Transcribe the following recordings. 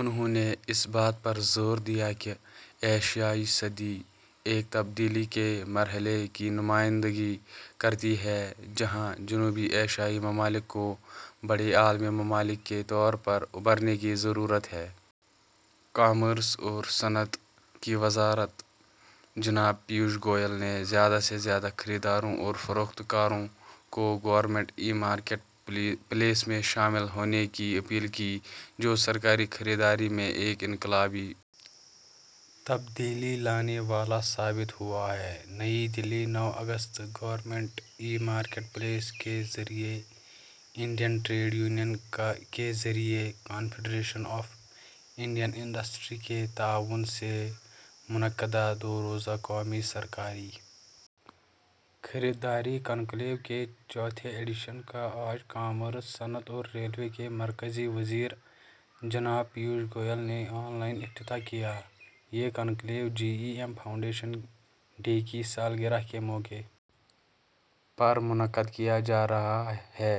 انہوں نے اس بات پر زور دیا کہ ایشیائی صدی ایک تبدیلی کے مرحلے کی نمائندگی کرتی ہے جہاں جنوبی ایشیائی ممالک کو بڑے عالمی ممالک کے طور پر ابھرنے کی ضرورت ہے کامرس اور صنعت کی وزارت جناب پیوش گوئل نے زیادہ سے زیادہ خریداروں اور فروخت کاروں کو گورنمنٹ ای مارکیٹ پلیس میں شامل ہونے کی اپیل کی جو سرکاری خریداری میں ایک انقلابی تبدیلی لانے والا ثابت ہوا ہے نئی دہلی نو اگست گورنمنٹ ای مارکیٹ پلیس کے ذریعہ انڈین ٹریڈ یونین کے ذریعہ کانفیڈریشن آف انڈین انڈسٹری کے تعاون سے منعقدہ دو روزہ قومی سرکاری خریداری کانکلیو کے چوتھے ایڈیشن کا آج کامرس صنعت اور ریلوے کے مرکزی وزیر جناب پیوش گوئل نے آن لائن افتتاح کیا یہ conclave G E M foundation day کی سالگرہ کے موقع پر منعقد کیا جا رہا ہے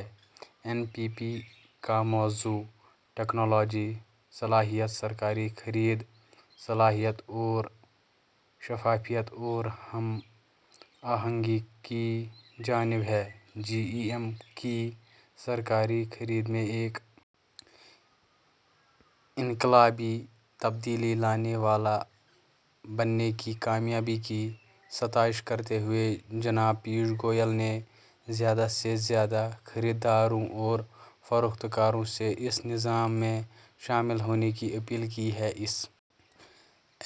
این پی پی سی کا موضوع ٹکنالوجی صلاحیت سرکاری خرید صلاحیت اور شفافیت اور ہم آہنگی کی جانب ہے جی ای ایم کی سرکاری خرید میں ایک انقلابی تبدیلی لانے والا بننے کی کامیابی کی ستائش کرتے ہوئے جناب پیوش گوئل نے زیادہ سے زیادہ خریداروں اور فروخت کاروں سے اس نظام میں شامل ہونے کی اپیل کی ہے اس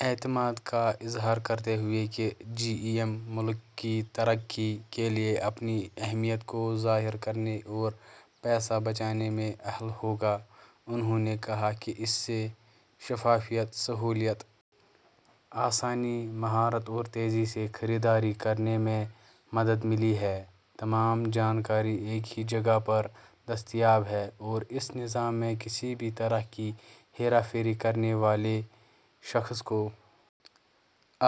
اعتماد کا اظہار کرتے ہوئے کہ جی ای ایم ملک کی ترقی کے لیے اپنی اہمیت کو ظاہر کرنے اور پیسہ بچانے میں اہل ہوگا انہوں نے کہا کہ اس سے شفافیت سہولت آسانی مہارت اور تیزی سے خریداری کرنے میں مدد ملی ہے تمام جانکاری ایک ہی جگہ پر دستیاب ہے اور اس نظام میں کسی بھی طرح کی ہیرا پھیری کرنے والے شخص کو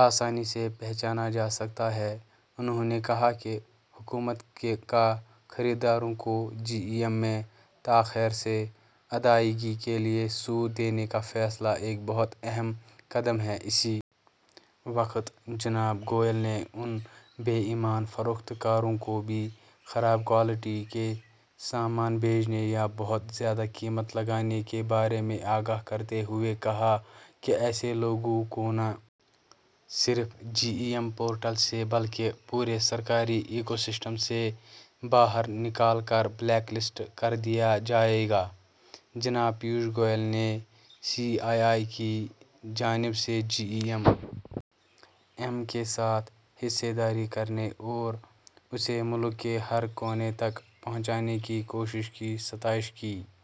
آسانی سے پہچانا جا سکتا ہے انہوں نے کہا کہ حکومت کا خریداروں کو جی ای ایم میں تاخیر سے ادائیگی کے لیے سود دینے کا فیصلہ ایک بہت اہم قدم ہے اسی وقت جناب گوئل نے ان بے ایمان فروخت کاروں کو بھی خراب کوالٹی کے سامان بھیجنے یا بہت زیادہ قیمت لگانے کے بارے میں آگاہ کرتے ہوئے کہا کہ ایسے لوگوں کو نہ صرف جی ای ایم پورٹل سے بلکہ پورے سرکاری ایکو سسٹم سے باہر نکال کر بلیک لسٹ کر دیا جائے گا جناب پیوش گوئل نے سی آئی آئی کی جانب سے جی ای ایم کے ساتھ حصہ داری کرنے اور اسے ملک کے ہر کونے تک پہنچانے کی کوششوں کی ستائش کی